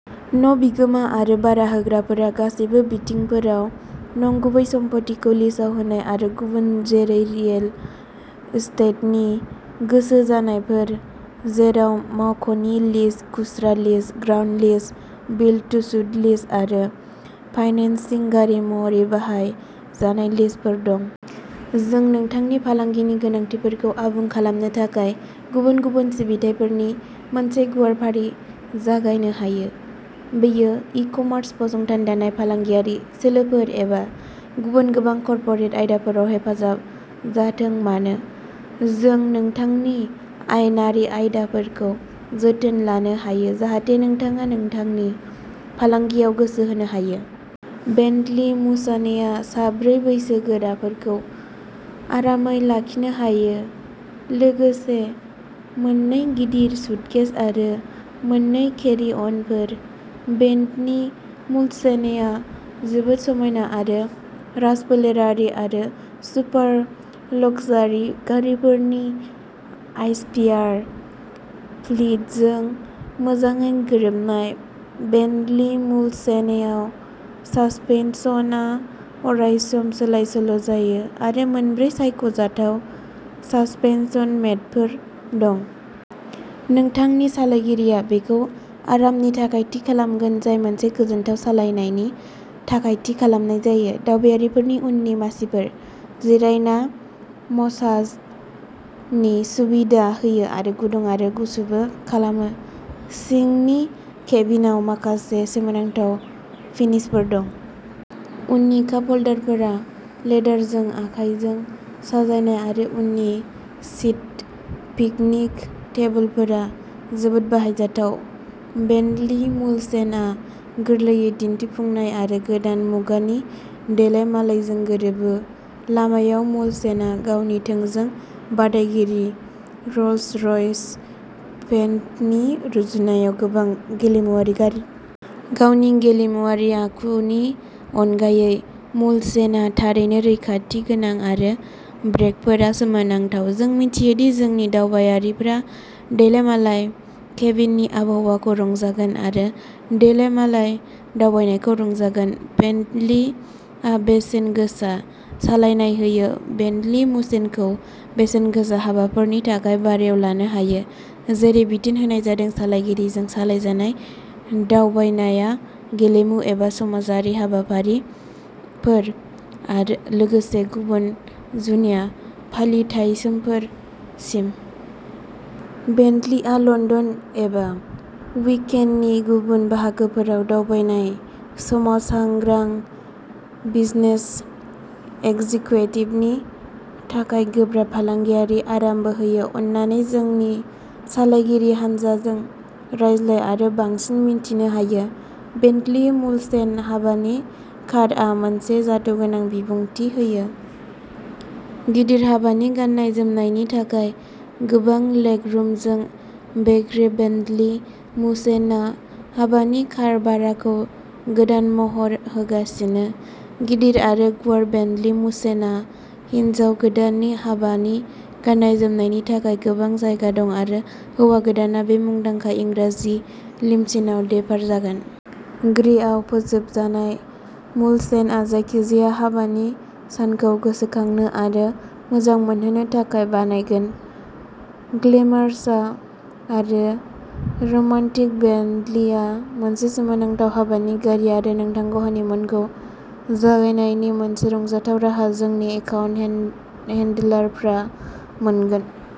न' बिगोमा आरो भारा होग्राफोरा गासैबो बिथिंफोराव नंगुबै सम्फथिखौ लिजआव होनाय आरो गुबुन जेरै रियेल एस्टेटनि गोसो जानायफोर, जेराव मावख'नि लिज, खुस्रा lease, ground lease, build to suit lease आरो फाइनेन्सिं गारि महरै बाहाय जानाय लिजफोर दं। जों नोंथांनि फालांगिनि गोनांथिफोरखौ आबुं खालामनो थाखाय गुबुन गुबुन सिबिथाइफोरनि मोनसे गुवार फारि जगायनो हायो। बेयो इ-कमार्स, फसंथान दानाय, फालांगियारि सोलोफोर, एबा गुबुन गोबां कर्परेट आयदाफोराव हेफाजाब जाथों मानो, जों नोंथांनि आयेनारि आयदाफोरखौ जोथोन लानो हायो जाहाथे नोंथाङा नोंथांनि फालांगियाव गोसो होनो हायो। बेन्टलि मुलसानेआ सा ब्रै बैसोगोराफोरखौ आरामै लाखिनो हायो लोगोसे मोन नै गिदिर सुटकेस आरो मोन नै केरि-अनफोर। बेन्टलि मुलसेनेआ जोबोद समायना आरो राजफोलेरारि आरो सुपार-लक्जारि गारिफोरनि आइच'फियार फ्लीटजों मोजाङै गोरोबनाय। बेन्टलि मुलसेनेआव सासपेनसनआ अरायसम सोलायसोल' जायो आरो मोनब्रै सायख'जाथाव सासपेनसन मोडफोर दं। नोंथांनि सालायगिरिया बेखौ आरामनि थाखाय थि खालामगोन, जाय मोनसे गोजोनथाव सालायनायनि थाखाय थि खालामनाय जायो। दावबायारिफोरनि उननि मासिफोरा। जिरायना मसाजनि सुबिदा होयो आरो गुदुं आरो गुसुबो खालामो। सिंनि केबिनआव माखासे सोमोनांथाव फिनिशफोर दं। उननि काप ह'ल्डारफोरा लेदारजों आखायजों साजायनाय आरो उननि सिट पिकनिक टेबोलफोरा जोबोद बाहायजाथाव। बेन्टलि मुलसेनआ गोरलैयै दिन्थिफुंनाय आरो गोदान मुगानि देलायमालायजों गोरोबो। लामायाव, मुलसेनआ गावनि थोंजों बादायगिरि, र'ल्स-र'यस फेन्टमनि रुजुनायाव गोबां गेलेमुआरि गारि। गावनि गेलेमुआरि आखुनि अनगायै मुलसेनआ थारैनो रैखाथि गोनां आरो ब्रेकफोरा सोमोनांथाव। जों मिथियो दि जोंनि दावबायारिफ्रा देलायमालाय केबिननि आबहावाखौ रंजागोन आरो देलायमालाय दावबायनायखौ रंजागोन। बेन्टलिआ बेसेन गोसा सालायनाय होयो। बेन्टलि मुलसेनखौ बेसेन गोसा हाबाफोरनि थाखाय भारायाव लानो हायो, जेरै बिथोन होनाय जादों सालायगिरिजों सालायजानाय दावबायनाया गेलेमु एबा समाजारि हाबाफारिफोर आरो लोगोसे गुबुन जुनिया फालिथायफोरसिम। बेन्टलिआ लन्दन एबा इउकेनि गुबुन बाहागोफोराव दावबायनाय समाव सांग्रां बिजनेस एक्जिक्युटिभनि थाखाय गोब्राब फालांगियारि आरामबो होयो। अन्नानै जोंनि सालायगिरि हानजाजों रायज्लाय आरो बांसिन मिथिनो हायो। बेन्टलि मुलसेन हाबानि कारआ मोनसे जादुगोनां बिबुंथि होयो। गिदिर हाबानि गाननाय-जोमनायनि थाखाय गोबां लेगरुमजों, बे ग्रे बेन्टलि मुलसेनआ हाबानि कार भाराखौ गोदान महर होगासिनो। गिदिर आरो गुवार बेन्टलि मुलसेनआव हिन्जाव गोदाननि हाबानि गाननाय-जोमनायनि थाखाय गोबां जायगा दं आरो हौवा गोदानआ बे मुंदांखा इंराजि लिम'सिनआव देपार जागोन। ग्रेआव फोजोबजानाय, मुलसेनआ जायखिजाया हाबानि सानखौ गोसोखांनो आरो मोजां मोनहोनो थाखाय बानायगोन। ग्लेमारासा आरो रमान्टिक बेन्टलिआ मोनसे सोमोनांथाव हाबानि गारि आरो नोंथांनि हनिमुनखौ जागायनायनि मोनसे रंजाथाव राहा। जोंनि एकाउन्ट हेन हेन्डलारफोरा मोनगोन।